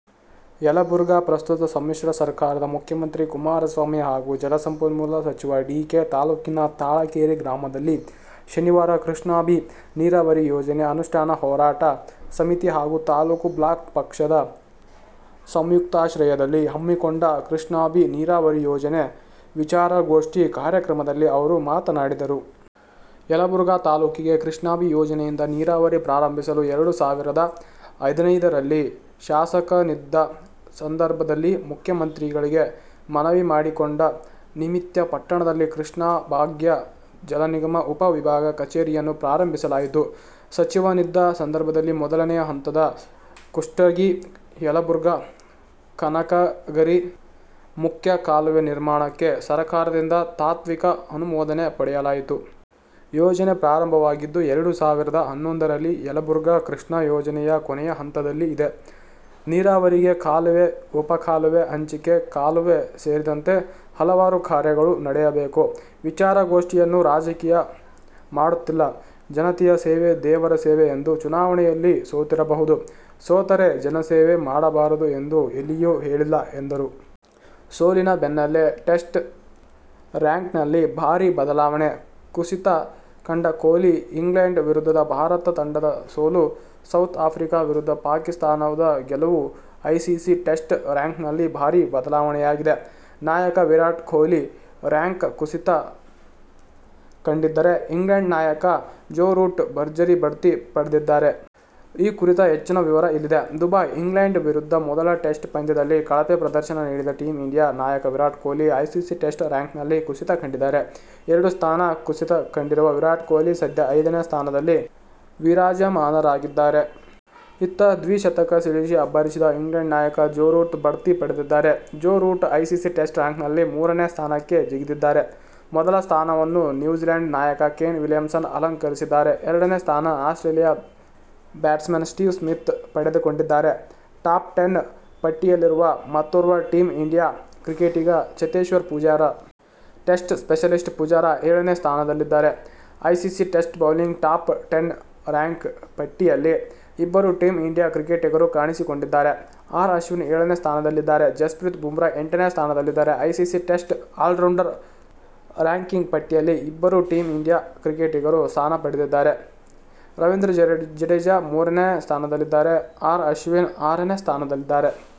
ಯಲಬುರ್ಗಾ: ಪ್ರಸ್ತುತ ಸಮ್ಮಿಶ್ರ ಸರಕಾರದ ಮುಖ್ಯಮಂತ್ರಿ ಕುಮಾರಸ್ವಾಮಿ ಹಾಗೂ ಜಲಸಂಪನ್ಮೂಲ ಸಚಿವ ಡಿ. ಕೆ. ತಾಲೂಕಿನ ತಾಳಕೇರಿ ಗ್ರಾಮದಲ್ಲಿ ಶನಿವಾರ ಕೃಷ್ಣಾ ಬಿ ನೀರಾವರಿ ಯೋಜನೆ ಅನುಷ್ಠಾನ ಹೋರಾಟ ಸಮಿತಿ ಹಾಗೂ ತಾಲೂಕ ಬ್ಲಾಕ್ ಪಕ್ಷದ ಸಯುಂಕ್ತಾಶ್ರಯದಲ್ಲಿ ಹಮ್ಮಿಕೊಂಡ ಕೃಷ್ಣಾ ಬಿ ನೀರಾವರಿ ಯೋಜನೆ ವಿಚಾರಗೋಷ್ಠಿ ಕಾರ್ಯಕ್ರಮದಲ್ಲಿ ಅವರು ಮಾತನಾಡಿದರು. ಯಲಬುರ್ಗಾ ತಾಲೂಕಿಗೆ ಕೃಷ್ಣಾ ಬಿ ಯೋಜನೆಯಿಂದ ನೀರಾವರಿ ಪ್ರಾರಂಭಿಸಲು ಎರಡು ಸಾವಿರದ ಹದಿನೈದರಲ್ಲಿ ಶಾಸಕನಿದ್ದ ಸಂದರ್ಭದಲ್ಲಿ ಮುಖ್ಯಮಂತ್ರಿಗಳಿಗೆ ಮನವಿ ಮಾಡಿಕೊಂಡ ನಿಮಿತ್ಯ ಪಟ್ಟಣದಲ್ಲಿ ಕೃಷ್ಣಾ ಭಾಗ್ಯ ಜಲನಿಗಮ ಉಪ-ವಿಭಾಗ ಕಚೇರಿಯನ್ನು ಪ್ರಾರಂಭಿಸಲಾಯಿತು. ಸಚಿವನಿದ್ದ ಸಂದರ್ಭದಲ್ಲಿ ಮೊದಲನೆ ಹಂತದ ಕುಷ್ಟಗಿ-ಯಲಬುರ್ಗಾ, ಕನಕಗರಿ ಮುಖ್ಯ ಕಾಲುವೆ ನಿರ್ಮಾಣಕ್ಕೆ ಸರಕಾರದಿಂದ ತಾತ್ವಿಕ ಅನುಮೋದನೆ ಪಡೆಯಲಾಯಿತು. ಯೋಜನೆ ಪ್ರಾರಂಭವಾಗಿದ್ದು ಎರಡು ಸಾವಿರದ ಹನ್ನೊಂದರಲ್ಲಿ. ಯಲಬುರ್ಗಾ ಕೃಷ್ಣಾ ಯೋಜನೆಯ ಕೊನೆಯ ಹಂತದಲ್ಲಿ ಇದೆ. ನೀರಾವರಿಗೆ ಕಾಲುವೆ, ಉಪಕಾಲುವೆ, ಹಂಚಿಕೆ ಕಾಲುವೆ ಸೇರಿದಂತೆ ಹಲವಾರು ಕಾರ್ಯಗಳು ನಡೆಯಬೇಕು. ವಿಚಾರಗೋಷ್ಠಿಯನ್ನು ರಾಜಕೀಯ ಮಾಡುತ್ತಿಲ್ಲ. ಜನತಯ ಸೇವೆ ದೇವರ ಸೇವೆ ಎಂದು. ಚುನಾವಣೆಯಲ್ಲಿ ಸೋತಿರಬಹುದು. ಸೋತರೇ ಜನಸೇವೆ ಮಾಡಬಾರದು ಎಂದು ಎಲ್ಲಿಯೂ ಹೇಳಿಲ್ಲ ಎಂದರು. ಸೋಲಿನ ಬೆನ್ನಲ್ಲೇ ಟೆಸ್ಟ್ ರ್ಯಾಂಕ್ನಲ್ಲಿ ಭಾರಿ ಬದಲಾವಣೆ; ಕುಸಿತ ಕಂಡ ಕೊಹ್ಲಿ ಇಂಗ್ಲೆಂಡ್ ವಿರುದ್ಧದ ಭಾರತ ತಂಡದ ಸೋಲು, ಸೌತ್ ಆಫ್ರಿಕಾ ವಿರುದ್ಧ ಪಾಕಿಸ್ತಾನದ ಗೆಲುವು ಐಸಿಸಿ ಟೆಸ್ಟ್ ರ್ಯಾಂಕ್ನಲ್ಲಿ ಭಾರಿ ಬದಲಾವಣೆಯಾಗಿದೆ. ನಾಯಕ ವಿರಾಟ್ ಕೊಹ್ಲಿ ರ್ಯಾಂಕ್ ಕುಸಿತ ಕಂಡಿದ್ದರೆ, ಇಂಗ್ಲೆಂಡ್ ನಾಯಕ ಜೋ ರೂಟ್ ಭರ್ಜರಿ ಬಡ್ತಿ ಪಡೆದಿದ್ದಾರೆ. ಈ ಕುರಿತ ಹೆಚ್ಚಿನ ವಿವರ ಇಲ್ಲಿದೆ. ದುಬೈ: ಇಂಗ್ಲೆಂಡ್ ವಿರುದ್ದ ಮೊದಲ ಟೆಸ್ಟ್ ಪಂದ್ಯದಲ್ಲಿ ಕಳಪೆ ಪ್ರದರ್ಶನ ನೀಡಿದ ಟೀಂ ಇಂಡಿಯಾ ನಾಯಕ ವಿರಾಟ್ ಕೊಹ್ಲಿ ಐಸಿಸಿ ಟೆಸ್ಟ್ ರ್ಯಾಂಕ್ನಲ್ಲಿ ಕುಸಿತ ಕಂಡಿದ್ದಾರೆ. ಎರಡು ಸ್ಥಾನ ಕುಸಿತ ಕಂಡಿರುವ ವಿರಾಟ್ ಕೊಹ್ಲಿ ಸದ್ಯ ಐದನೇ ಸ್ಥಾನದಲ್ಲಿ ವಿರಾಜಮಾನರಾಗಿದ್ದಾರೆ. ಇತ್ತ ದ್ವಿಶತಕ ಸಿಡಿಸಿ ಅಬ್ಬರಿಸಿದ ಇಂಗ್ಲೆಂಡ್ ನಾಯಕ ಜೋ ರೂಟ್ ಬಡ್ತಿ ಪಡೆದಿದ್ದಾರೆ. ಜೋ ರೂಟ್ ಐಸಿಸಿ ಟೆಸ್ಟ್ ರ್ಯಾಂಕಿಂಗ್ನಲ್ಲಿ ಮೂರನೇ ಸ್ಥಾನಕ್ಕೆ ಜಿಗಿದಿದ್ದಾರೆ. ಮೊದಲ ಸ್ಥಾನವನ್ನು ನ್ಯೂಜಿಲೆಂಡ್ ನಾಯಕ ಕೇನ್ ವಿಲಿಯಮ್ಸನ್ ಅಲಂಕರಿಸಿದ್ದಾರೆ. ಎರಡನೇ ಸ್ಥಾನ ಆಸ್ಟ್ರೇಲಿಯಾ ಬ್ಯಾಟ್ಸ್ಮನ್ ಸ್ಟೀವ್ ಸ್ಮಿತ್ ಪಡೆದುಕೊಂಡಿದ್ದಾರೆ. ಟಾಪ್ ಟೆನ್ ಪಟ್ಟಿಯಲ್ಲಿರುವ ಮತ್ತೋರ್ವ ಟೀಂ ಇಂಡಿಯಾ ಕ್ರಿಕೆಟಿಗ ಚೇತೇಶ್ಪರ್ ಪೂಜಾರ. ಟೆಸ್ಟ್ ಸ್ಪೆಷಲಿಸ್ಟ್ ಪೂಜಾರ ಏಳನೇ ಸ್ಥಾನದಲ್ಲಿದ್ದಾರೆ. ICC test bowling top ten rank ಪಟ್ಟಿಯಲ್ಲಿ ಇಬ್ಬರು ಟೀಂ ಇಂಡಿಯಾ ಕ್ರಿಕೆಟಿಗರು ಕಾಣಿಸಿಕೊಂಡಿದ್ದಾರೆ. ಆರ್ ಅಶ್ವಿನ್ ಏಳನೇ ಸ್ಥಾನದಲ್ಲಿದ್ದರೆ, ಜಸ್ಪ್ರೀತ್ ಬುಮ್ರಾ ಎಂಟನೇ ಸ್ಥಾನದಲ್ಲಿದ್ದಾರೆ. ಐಸಿಸಿ ಟೆಸ್ಟ್ ಆಲ್ರೌಂಡರ್ ರ್ಯಾಂಕಿಂಗ್ ಪಟ್ಟಿಯಲ್ಲಿ ಇಬ್ಬರು ಟೀಂ ಇಂಡಿಯಾ ಕ್ರಿಕೆಟಿಗರು ಸ್ಥಾನ ಪಡೆದಿದ್ದಾರೆ. ರವೀಂದ್ರ ಜಡೇಜಾ ಮೂರನೇ ಸ್ಥಾನದಲ್ಲಿದ್ದರೆ, ಆರ್ ಅಶ್ವಿನ್ ಆರನೇ ಸ್ಥಾನದಲ್ಲಿದ್ದಾರೆ.